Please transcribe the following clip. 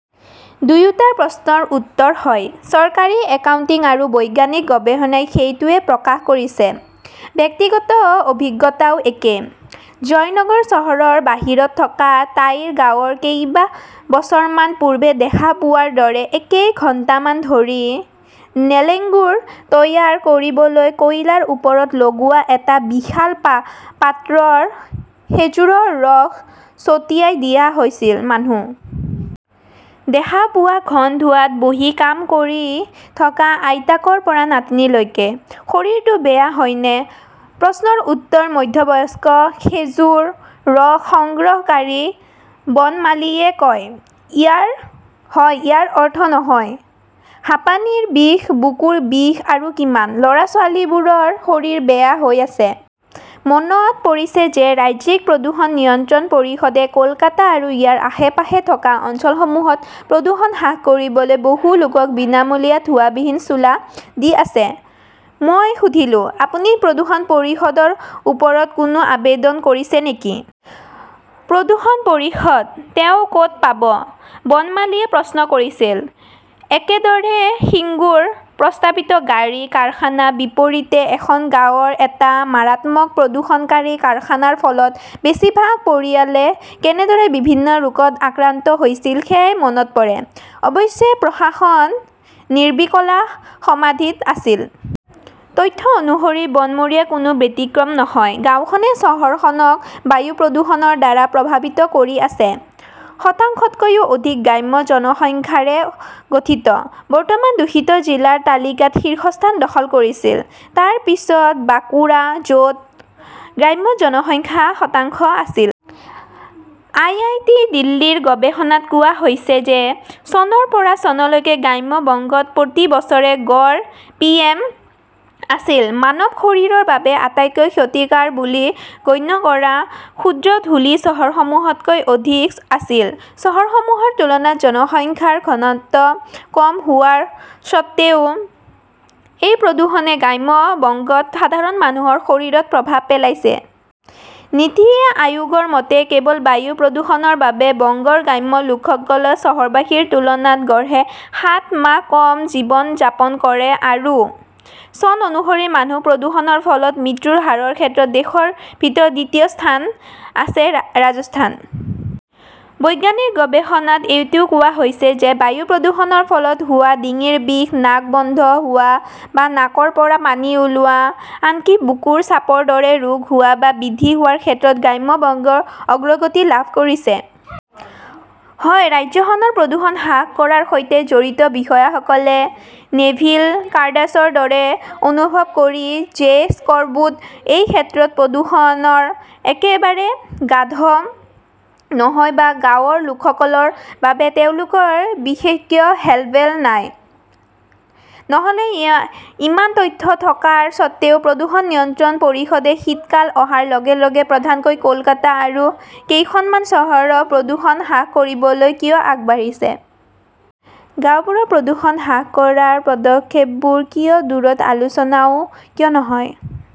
দুয়োটা প্ৰশ্নৰ উত্তৰ, হয়। চৰকাৰী একাউণ্টিং আৰু বৈজ্ঞানিক গৱেষণাই সেইটোৱেই প্ৰকাশ কৰিছে, ব্যক্তিগত অভিজ্ঞতাও একেই। জয়নগৰ চহৰৰ বাহিৰত থকা তাইৰ গাঁৱত কেইবছৰমান পূৰ্বে দেখা পোৱাৰ দৰে কেইঘণ্টামান ধৰি নেলেঙ্গুৰ তৈয়াৰ কৰিবলৈ কয়লাৰ ওপৰত লগোৱা এটা বিশাল পা পাত্ৰৰ খেজুৰৰ ৰস ছটিয়াই দিয়া হৈছিল। মানুহ দেখা পোৱা ঘন ধোঁৱাত বহি কাম কৰি থকা আইতাকৰ পৰা নাতিনীলৈকে । শৰীৰতো বেয়া হয়নে? প্ৰশ্নৰ উত্তৰ মধ্যবয়স্ক খেজুৰ ৰস সংগ্ৰহকাৰী বনমালিয়ে কয়, ইয়াৰ হয় ইয়াৰ অৰ্থ নহয়, হাঁপানীৰ বিষ, বুকুৰ বিষ আৰু কিমান। ল'ৰা-ছোৱালীবোৰৰ শৰীৰ বেয়া হৈ আছে। মনত পৰিছে যে ৰাজ্যিক প্ৰদূষণ নিয়ন্ত্ৰণ পৰিষদে কলকাতা আৰু ইয়াৰ আশে-পাশে থকা অঞ্চলসমূহত প্ৰদূষণ হ্ৰাস কৰিবলৈ বহু লোকক বিনামূলীয়া ধোঁৱাবিহীন চুলা দি আছে। মই সুধিলোঁ, আপুনি প্ৰদূষণ পৰিষদৰ ওচৰত কোনো আবেদন কৰিছে নেকি? প্ৰদূষণ পৰিষদ, তেওঁক ক'ত পাব? বনমালিয়ে প্ৰশ্ন কৰিছিল। একেদৰে সিঙ্গুৰ প্ৰস্তাৱিত গাড়ী, কাৰখানা বিপৰীতে এখন গাঁৱত এটা মাৰাত্মক প্ৰদূষণকাৰী কাৰখানাৰ ফলত বেছিভাগ পৰিয়ালে কেনেদৰে বিভিন্ন ৰোগত আক্ৰান্ত হৈছিল সেয়াই মনত পৰে। অৱশ্যে, প্ৰশাসন নিৰ্বীকলা সমাধিত আছিল। তথ্য অনুসৰি বনমৰীয়া কোনো ব্যতিক্ৰম নহয়। গাওঁখনে চহৰখনক বায়ু প্ৰদূষণৰ দ্বাৰা প্ৰভাৱিত কৰি আছে। শতাংশতকৈও অধিক গ্ৰাম্য জনসংখ্যাৰে গঠিত ।বৰ্তমান দূষিত জিলাৰ তালিকাত শীৰ্ষস্থান দখল কৰিছিল। তাৰ পিছত বাঁকুৰা, য'ত গ্ৰাম্য জনসংখ্যাৰ শতাংশ আছিল। আই. আই. টি. দিল্লীৰ গৱেষণাত কোৱা হৈছে যে, চনৰ পৰা চনলৈকে গ্ৰাম্য বংগত প্ৰতি বছৰে গড় পি এম আছিল, মানৱ শৰীৰৰ বাবে আটাইতকৈ ক্ষতিকাৰ বুলি গণ্য কৰা ক্ষুদ্ৰ ধূলি চহৰসমূহতকৈ অধিক আছিল। চহৰসমূহৰ তুলনাত জনসংখ্যাৰ ঘনত্ব কম হোৱাৰ স্বত্ত্বেও, এই প্ৰদূষণে গ্ৰাম্য বংগত সাধাৰণ মানুহৰ শৰীৰত প্ৰভাৱ পেলাইছে। নীতি আয়োগৰ মতে, কেৱল বায়ু প্ৰদূষণৰ বাবে বংগৰ গ্ৰাম্য লোকসকল চহৰবাসীৰ তুলনাত গড়ে সাত মাহ কম জীৱন যাপন কৰে আৰু চন অনুসৰি, মানুহ প্ৰদূষণৰ ফলত হোৱা মৃত্যুৰ হাৰৰ ক্ষেত্ৰত দেশৰ ভিতৰত দ্বিতীয় স্থান আছে ৰাজস্থান। বৈজ্ঞানিক গৱেষণাত এইটোও কোৱা হৈছে যে, বায়ু প্ৰদূষণৰ ফলত হোৱা ডিঙিৰ বিষ, নাক বন্ধ হোৱা বা নাকৰ পৰা পানী ওলোৱা, আনকি বুকুৰ চাপৰ দৰে ৰোগ হোৱা বা বৃদ্ধি হোৱাৰ ক্ষেত্ৰত গ্ৰাম্য বংগই অগ্ৰগতি লাভ কৰিছে। হয় ৰাজ্যখনৰ প্ৰদূষণ হ্ৰাস কৰাৰ সৈতে জড়িত বিষয়াসকলে নেভিল কাৰ্ডাছৰ দৰে অনুভৱ কৰি যে-স্কৰবোৰ্ড, এই ক্ষেত্ৰত প্ৰদূষণৰ, একেবাৰে গাধ নহয় বা গাঁৱৰ লোকসকলৰ বাবে তেওঁলোকৰ বিশেষকেও হেল্ডৱেল নাই। নহ'লে, ইয়া ইমান তথ্য থকাৰ স্বত্বেও প্ৰদূষণ নিয়ন্ত্ৰণ পৰিষদে শীতকাল অহাৰ লগে লগে প্ৰধানকৈ কলকাতা আৰু কেইখনমান চহৰত প্ৰদূষণ হ্ৰাস কৰিবলৈ কিয় আগবাঢ়িছে? গাওঁবোৰত প্ৰদূষণ হ্ৰাস কৰাৰ পদক্ষেপবোৰ কিয় দূৰৈত, আলোচনাও কিয় নহয়?